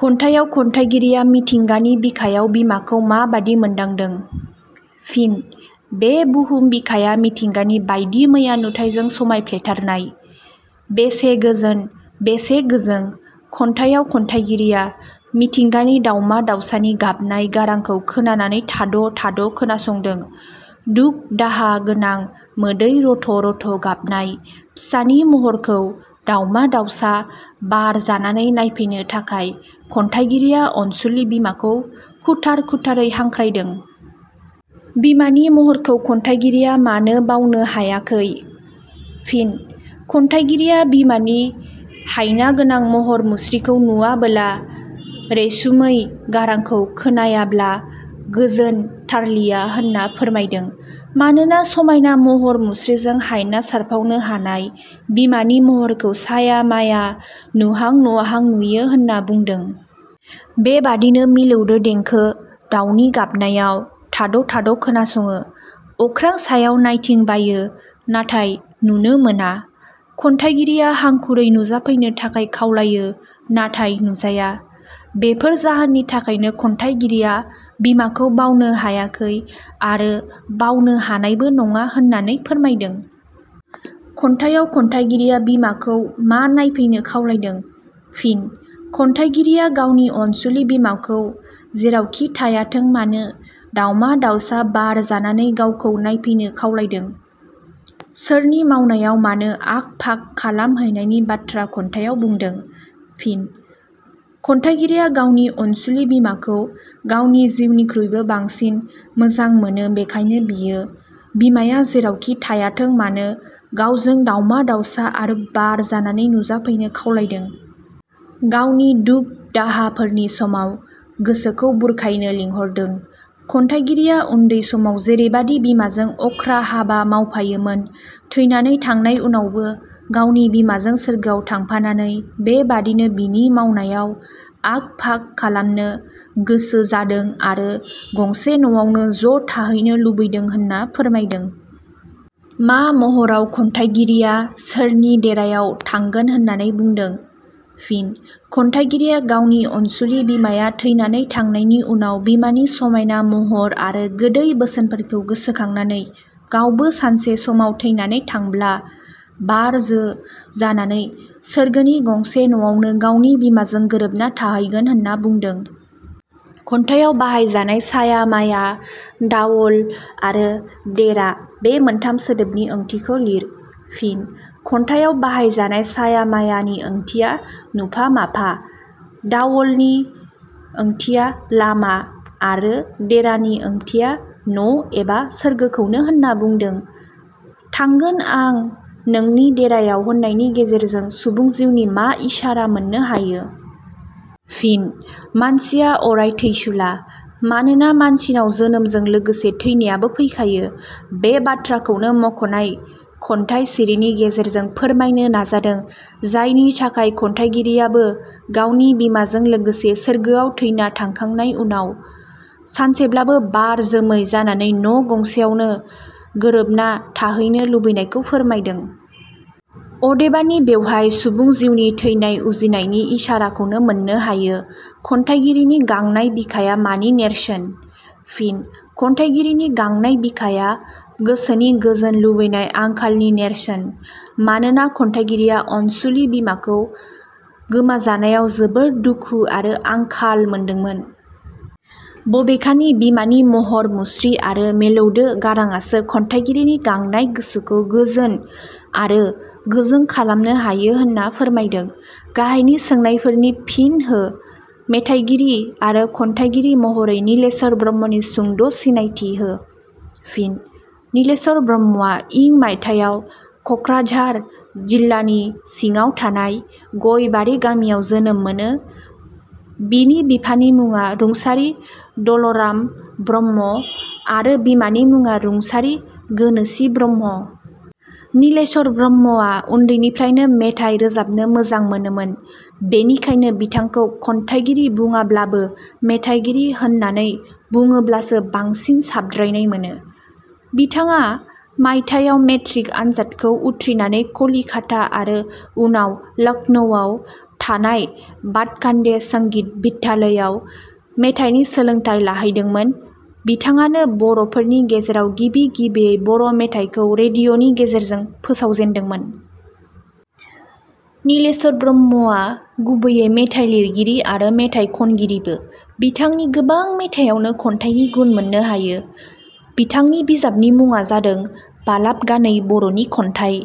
खन्थाइयाव खन्थाइगिरिया मिथिंगानि बिखायाव बिमाखौ माबादि मोन्दांदों? फिन: बे बहुम बिखाया मिथिंगानि बायदिमैया नुथायजों समायफ्लेथारनाय। बेसे गोजोन बेसे गोजों खन्थाइयाव खन्थाइगिरिया मिथिंगानि दावमा दावसानि गाबनाय गारांखौ खोनानानै थाद' थाद' खोनासंदों दुख-दाहा गोनां मोदै रथ रथ' गाबनाय फिसानि महरखौ दावमा दावसा बार जानानै नायफैनो थाखाय खन्थाइगिरिया अनसुलि बिमाखौ खुथार खुथारै हांख्राइदों। बिमानि महरखौ खन्थाइगिरिया मानो बावनो हायाखै? फिनः खन्थाइगिरिया बिमानि हायनागोनां महर मुस्रिखौ नुवाबोला, रेसुमै गारांखौ खोनायाब्ला गोजोन थारलिया होनना फोरमायदों। मानोना समायना महर मुस्रिजों हायना सारफावनो हानाय बिमानि महरखौ साया माया नुहां-नुवाहां नुयो होनना बुंदों। बेबादिनो मिलौदो देंखो, दावनि गाबनायाव थाद' थाद' खोनासङो, अख्रां सायाव नायथिं बायो नाथाय नुनो मोना। खन्थाइगिरिया हांखुरै नुजाफैनो थाखाय खावलायो नाथाय नुजाया। बेफोर जाहोननि थाखायनो खन्थाइगिरिया बिमाखौ बावनो हायाखै आरो बावनो हानायबो नङा होननानै फोरमायदों। खन्थाइयाव खन्थाइगिरिया बिमाखौ मा नायफैनो खावलायदों? फिनः खन्थाइगिरिया गावनि अनसुलि बिमाखौ जेरावखि थायाथों मानो दावमा दावसा बार जानानै गावखौ नायफैनो खावलायदों। सोरनि मावनायाव मानो आख फाख खालाम हैनायनि बाथ्रा खन्थायाव बुंदों? फिनः खन्थाइगिरिया गावनि अनसुलि बिमाखौ गावनि जिउनिखुइबो बांसिन मोजां मोनो बेखायनो बियो बिमाया जेरावखि थायाथोंमानो गावजों दावमा दावसा आरो बार जानानै नुजाफैनो खावलायदों। गावनि दुख-दाहा फोरनि समाव गोसोखौ बुरखायनो लिंहरदों। खन्थाइगिरिया उन्दै समाव जैरेबादि बिमाजों अख्रा हाबा मावफायोमोन थैनानै थांनाय उनावबो गावनि बिमाजों सोरगोआव थांफानानै बेबादिनो बिनि मावनायाव आख फाख खालामनो गोसो जादों आरो गंसे नवावनो ज' थाहैनो लुबैदों होनना फोरमायदों। मा महराव खन्थाइगिरिया सोरनि देरायाव थांगोन होननानै बुंदों? फिनः खन्थाइगिरिया गावनि अनसुलि बिमाया थैनानै थांनायनि उनाव बिमानि समायना महर आरो गोदै बोसोनफोरखौ गोसोखांनानै गावबो सानसे समाव थैनानै थांबला बार जो जानानै सोरगोनि गंसे न'आवनो गावनि बिमाजों गोरोबना थाहैगोन होनना बंदों। खन्थाइयाव बाहाय जानाय, 'साथा-माथा', 'दावल', आरो 'देरा' बे मोनथाम सोदोबनि ओंथिखो लिर। फिन: खन्थाइयाव बाहायनाय साया मायानि ओंथिया नुफा- माफा, दावलनि थिया-लामा आरो देरानि ओंथिया न' एबा सोरगोखौनो होनना बुंदों। 'थांगोन आं नोंनि देरायाव होननायनि गेजेरजों सुबुं जिवनि मा इसारा मोननो हायो? फिन: मानसिया अराय थैसुला मानोना मानसिनाव जोनोमजों लोगोसे थैनायाबो फैखायो। बे बाथ्राखौनो मखनाय खन्थाइ सिरिनि गेजेरजों फोरमायनो नाजादों जायनि थाखाय खन्थाइगिरियाबो गावनि बिमाजों लोगोसे सोरगोआव थैना थांखांनाय उनाव सानसेब्लाबो बार जोमै जानानै न' गंसेयावनो गोरोबनाथाहैनो लुबैनायखौ फोरमायदों। अदेबानि बेवहाय सुबुं जिउनि थैनाय उजिनायनि इसाराखौनो मोननो हायो। खन्थाइगिरिनि गांनाय बिखाया मानि नेरसोन? फिन: खन्थाइगिरिनि 'गांनाय बिखाया' गोसोनि गोजोन लुबैनाय आंखालनि नेरसोन। मानोना खन्थाइगिरिया अनसुलि बिमाखौ गोमाजानायाव जोबोर दुखु आरो आंखाल मोनदोंमोन। बबेखानि बिमानि महर मुस्रि आरो मेलौदो गाराङासो खन्थाइगिरिनि गांनाय गोसोखो गोजोन आरो गोजों खालामनो हायो होनना फोरमायदों। गाहायनि सोंनायफोरनि फिन हो मेथाइगिरि आरो खन्थाइगिरि महरै नीलेश्वर ब्रह्मनि सुंद' सिनायथि हो। फिन: नीलेश्वर ब्रह्मवा इं मायथायाव कक्राझार जिलानि सिङाव थानाय गयबारि गामियाव जोनोम मोनो बिनि बिफानि मुङा रुंसारि दल 'राम ब्रह्म आरो बिमानि मुङा रुंसारि गोनोसि ब्रह्म। नीलेश्वर ब्रह्मवा उन्दैनिफ्रायनो मेथाइ रोजाबनो मोजां मोनोमोन बेनिखायनो बिथांखौ खन्थाइगिरि बुङाब्लाबो मेथाइगिरि होननानै बुङोब्लासो बांसिन साबद्रायनाय मोनो। बिथाङा मायथायाव मेट्रिक आनजादखौ उथ्रिनानै कलिकाता आरो उनाव लक्ष्नौवाव थानाय भाटखाण्डे संगीत बिद्यालयाव मेथाइनि सोलोंथाइ लाहैदोंमोन बिथाङानो बर फोरनि गेजेराव गिबि गिबियै बर' मेथाइखौ रेडिअनि गेजेरजों फोसावजेनदोंमोन। नीलेश्वर ब्रह्मवा गुबैयै मेथाइ लिरगिरि आरो मेथाइ खनगिरिबो बिथांनि गोबां मेथायावनो खन्थाइनि गुन मोननो हायो। बिथांनि बिजाबनि मुङा जादों 'बालाबगानै बर 'नि खन्थाइ।